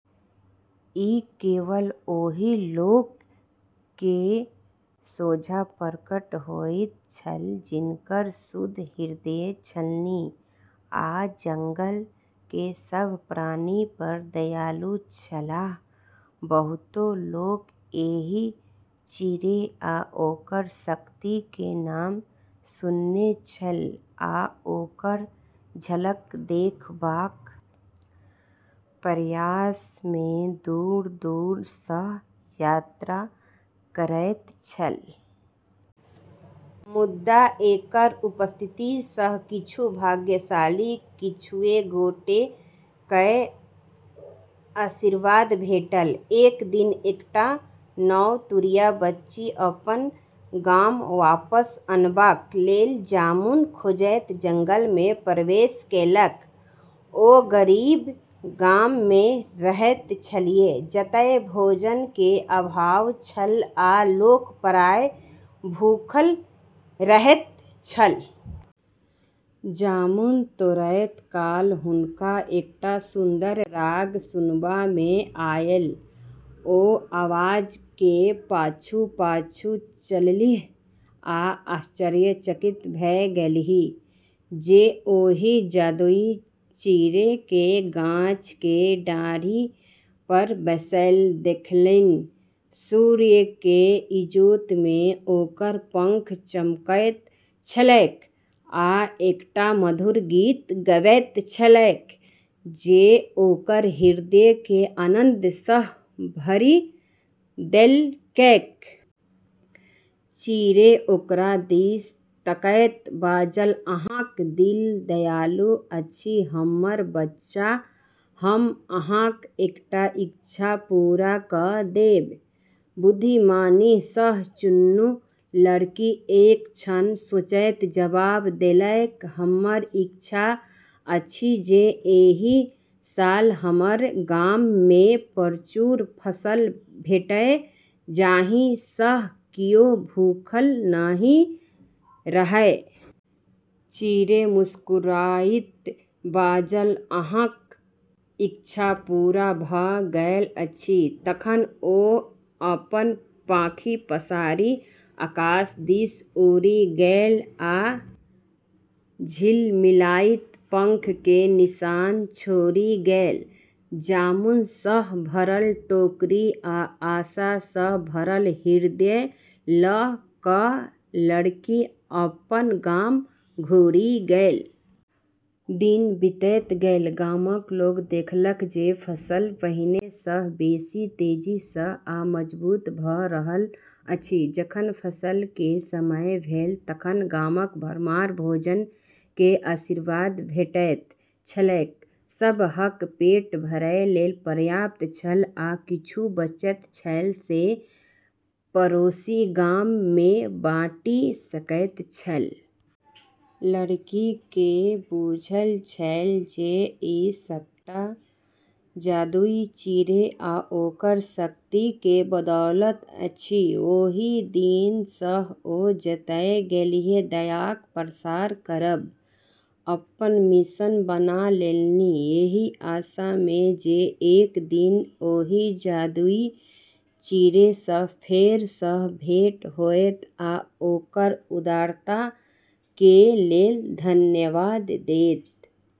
ई केवल ओहि लोक के सोझाँ प्रकट होइत छल जिनकर शुद्ध हृदय छलनि आ जंगल के सभ प्राणी पर दयालु छलाह। बहुतो लोक एहि चिड़ै आ ओकर शक्ति के नाम सुनने छल, आ ओकर झलक देखबाक प्रयास मे दूर-दूर सँ यात्रा करैत छल। मुदा, एकर उपस्थिति सँ किछु भाग्यशाली किछुए गोटे कए आशीर्वाद भेटल। एक दिन एकटा नवतुरिया बच्ची अपन गाम वापस अनबाक लेल जामुन खोजैत जंगल मे प्रवेश केलक। ओ गरीब गाम मे रहैत छलीह, जतय भोजन के अभाव छल, आ लोक प्रायः भूखल रहैत छल। जामुन तोड़ैत काल हुनका एकटा सुन्दर राग सुनबा मे आयल। ओ आवाज के पाछू-पाछू चललीह, आ आश्चर्यचकित भ' गेलीह जे ओहि जादुई चिड़ै केँ गाछ के डारि पर बैसल देखलनि। सूर्य के इजोत मे ओकर पंख चमकैत छलैक, आ एकटा मधुर गीत गबैत छलैक जे ओकर हृदय केँ आनन्द सँ भरि देलकैक। चिड़ै ओकरा दिस तकैत बाजल, "अहाँक दिल दयालु अछि हमर बच्चा। हम अहाँक एकटा इच्छा पूरा क' देब। बुद्धिमानी सँ चुनू।" लड़की एक क्षण सोचैत जवाब देलक, "हमर इच्छा अछि जे एहि साल हमर गाम मे प्रचुर फसल भेटय जाहि सँ कियो भूखल नहि रहय।" चिड़ै मुस्कुराइत बाजल, "अहाँक इच्छा पूरा भ' गेल अछि।" तखन ओ अपन पाँखि पसारि आकाश दिस उड़ि गेल आ झिलमिलाइत पंख के निशान छोड़ि गेल। जामुन सँ भरल टोकरी आ आशा सँ भरल हृदय लऽ कऽ लड़की अपन गाम घुरि गेल। दिन बीतैत गेल, गामक लोक देखल जे फसल पहिने सँ बेसी तेजी सँ आ मजबूत भऽ रहल अछि। जखन फसल के समय भेल तखन गामक भरमार भोजन के आशीर्वाद भेटैत छलैक। सबहक पेट भरय लेल पर्याप्त छल, आ किछु बचल छल जे पड़ोसी गाम मे बाँटि सकैत छल। लड़की के बुझल छल जे ई सबटा जादुई चिड़ै आ ओकर शक्ति के बदौलत अछि। ओहि दिन सँ ओ जतय गेलीह दयाक प्रसार करब अपन मिशन बना लेलनि, एहि आशा मे जे एक दिन ओहि जादुई चिड़ै सँ फेर सँ भेंट होयत आ ओकर उदारता के लेल धन्यवाद देत।